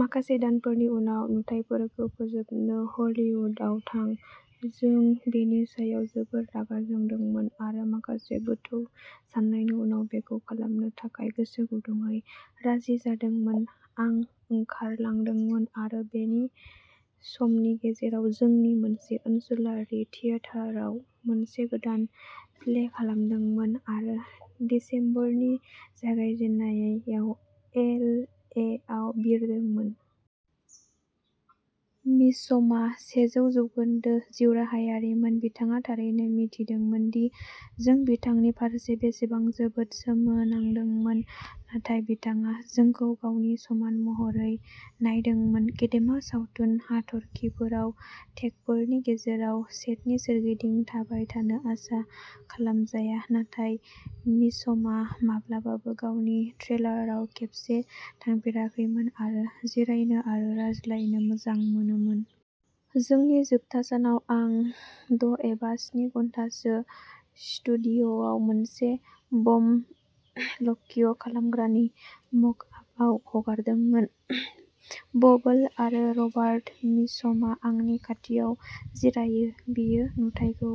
माखासे दानफोरनि उनाव नुथाइफोरखौ फोजोबनो हलीवुडआव थां। जों बेनि सायाव जोबोद रागा जोंदोंमोन आरो माखासे गोथौ साननायनि उनाव, बेखौ खालामनो थाखाय गोसो गुदुंयै राजि जादोंमोन। आं ओंखारलांदोंमोन आरो बे समनि गेजेराव जोंनि मोनसे ओनसोलारि थियेटारआव मोनसे गोदान प्ले खालामदोंमोन आरो दिसेम्बरनि जागायजेन्नायाव एल ए आव बिरदोंमोन। मिचमआ सेजौ जौखोन्दो जिउराहायारिमोन। बिथाङा थारैनो मिथिदोंमोन दि जों बिथांनि फारसे बेसेबां जोबोद सोमोनांदोंमोन, नाथाय बिथाङा जोंखौ गावनि समान महरै नायदोंमोन। गेदेमा सावथुन हाथरखिफोरा टेकफोरनि गेजेराव सेटनि सोरगिदिं थाबाय थानो आसा खालामजाया, नाथाय मिचमआ माब्लाबाबो गावनि ट्रेलाराव खेबसे थांफेराखैमोन आरो जिरायनो आरो रायज्लायनो मोजां मोनोमोन। जोंनि जोबथा सानाव आं द' एबा स्नि घन्टासो स्टुडिय'आव मोनसे बम लक्ष्य खालामग्रानि मक आपआव हगारदोंमोन। बबोल आरो रबार्ट मिचमआ आंनि खाथियाव जिरायो। बियो नुथाइखौ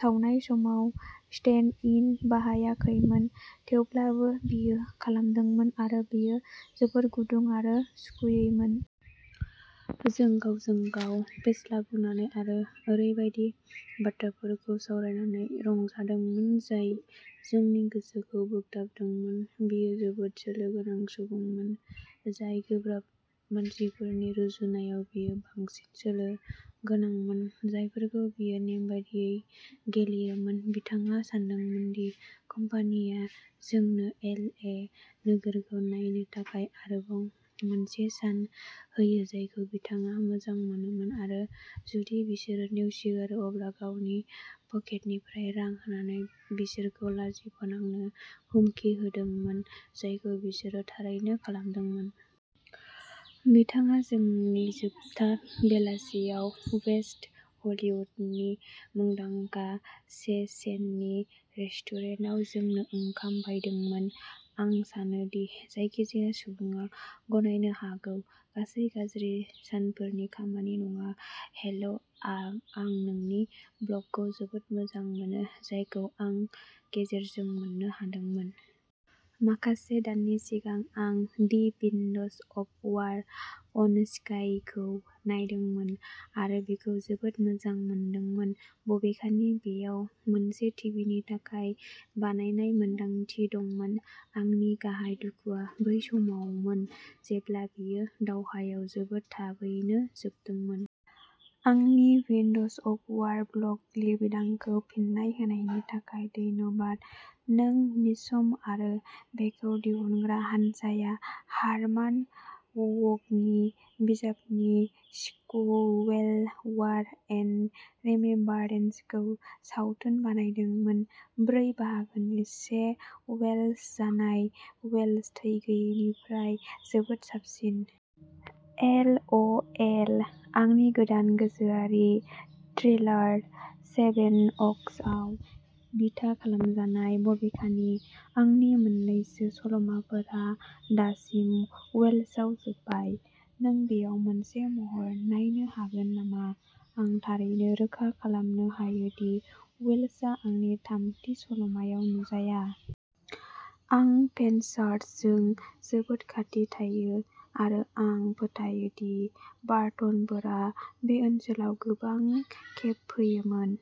सावनाय समाव स्टेन्ड इन बाहायाखैमोन, थेवब्लाबो बियो खालामदोंमोन, आरो बेयो जोबोद गुदुं आरो सुखुयैमोन। जों गावजों-गाव फेस्ला बुंनानै आरो ओरैबायदि बाथ्राफोरखौ सावरायनानै रंजादोंमोन जाय जोंनि गोसोखौ बोगथाबदोंमोन। बियो जोबोद सोलो गोनां सुबुंमोन जाय गोब्राब मानसिफोरनि रुजुनायाव बियो बांसिन सोलो गोनांमोन, जायफोरखौ बियो नेमबादियै गेलेयोमोन। बिथाङा सानदोंमोन दि कम्पानिया जोंनो एल ए नोगोरखौ नायनो थाखाय आरोबाव मोनसे सान होयो, जायखौ बिथाङा मोजां मोनोमोन, आरो जुदि बिसोरो नेवसिगारो अब्ला गावनि पकेटनिफ्राय रां होनानै बिसोरखौ लाजि फोनांनो हुमखि होदोंमोन जायखौ बिसोरो थारैनो खालामदोंमोन। बिथाङा जोंनि जोबथा बेलासियाव वेस्ट हलीवुडनि मुंदांखा चेसेननि रेस्टुरेन्टाव जोंनो ओंखाम बायदोंमोन। आं सानो दि जायखिजाया सुबुङा गनायनो हागौ, गासै गाज्रि सानफोरनि खामानि नङा, हेलो आं नोंनि ब्लगखौ जोबोद मोजां मोनो, जायखौ आं गेजेरजों मोननो हादोंमोन। माखासे दाननि सिगां आं the winds of war on स्काइखौ नायदोंमोन आरो बेखौ जोबोद मोजां मोनदोंमोन, बबेखानि बेयाव मोनसे टिभिनि थाखाय बानायनाय मोनदांथि दंमोन। आंनि गाहाय दुखुआ बै समावमोन जेब्ला बेयो दावहायाव जोबोद थाबैनो जोबदोंमोन। आंनि विन्डस अफ वार ब्लग लिरबिदांखौ फिन्नाय होनायनि थाखाय धन्यबा। नों मिचम आरो बेखौ दिहुनग्रा हानजाया हारमान वुकनि बिजाबनि सिक्वेल'वार एन्ड रिमेम्बारेन्स खौ सावथुन बानायदोंमोन। ब्रै बाहागोनि से वेल्श जानाया वेल्श थै गैयैनिफ्राय जोबोद साबसिन। एल अ एल, आंनि गोदान गोसोआरि थ्रिलार सेभेनअक्सआव बिथा खालामजानाय। बबेखानि, आंनि मोन्नैबो सल'माफोरा दासिम वेल्सआव जोबबाय। नों बेयाव मोनसे महर नायनो हागोन नामा? आं थारैनो रोखा खालामनो हायो दि वेल्सआ आंनि थामथि सल'मायाव नुजाया। आं पेनशार्स्टजों जोबोद खाथि थायो आरो आं फोथायो दि बार्टनफोरा बे ओनसोलाव गोबां खेब फैयोमोन।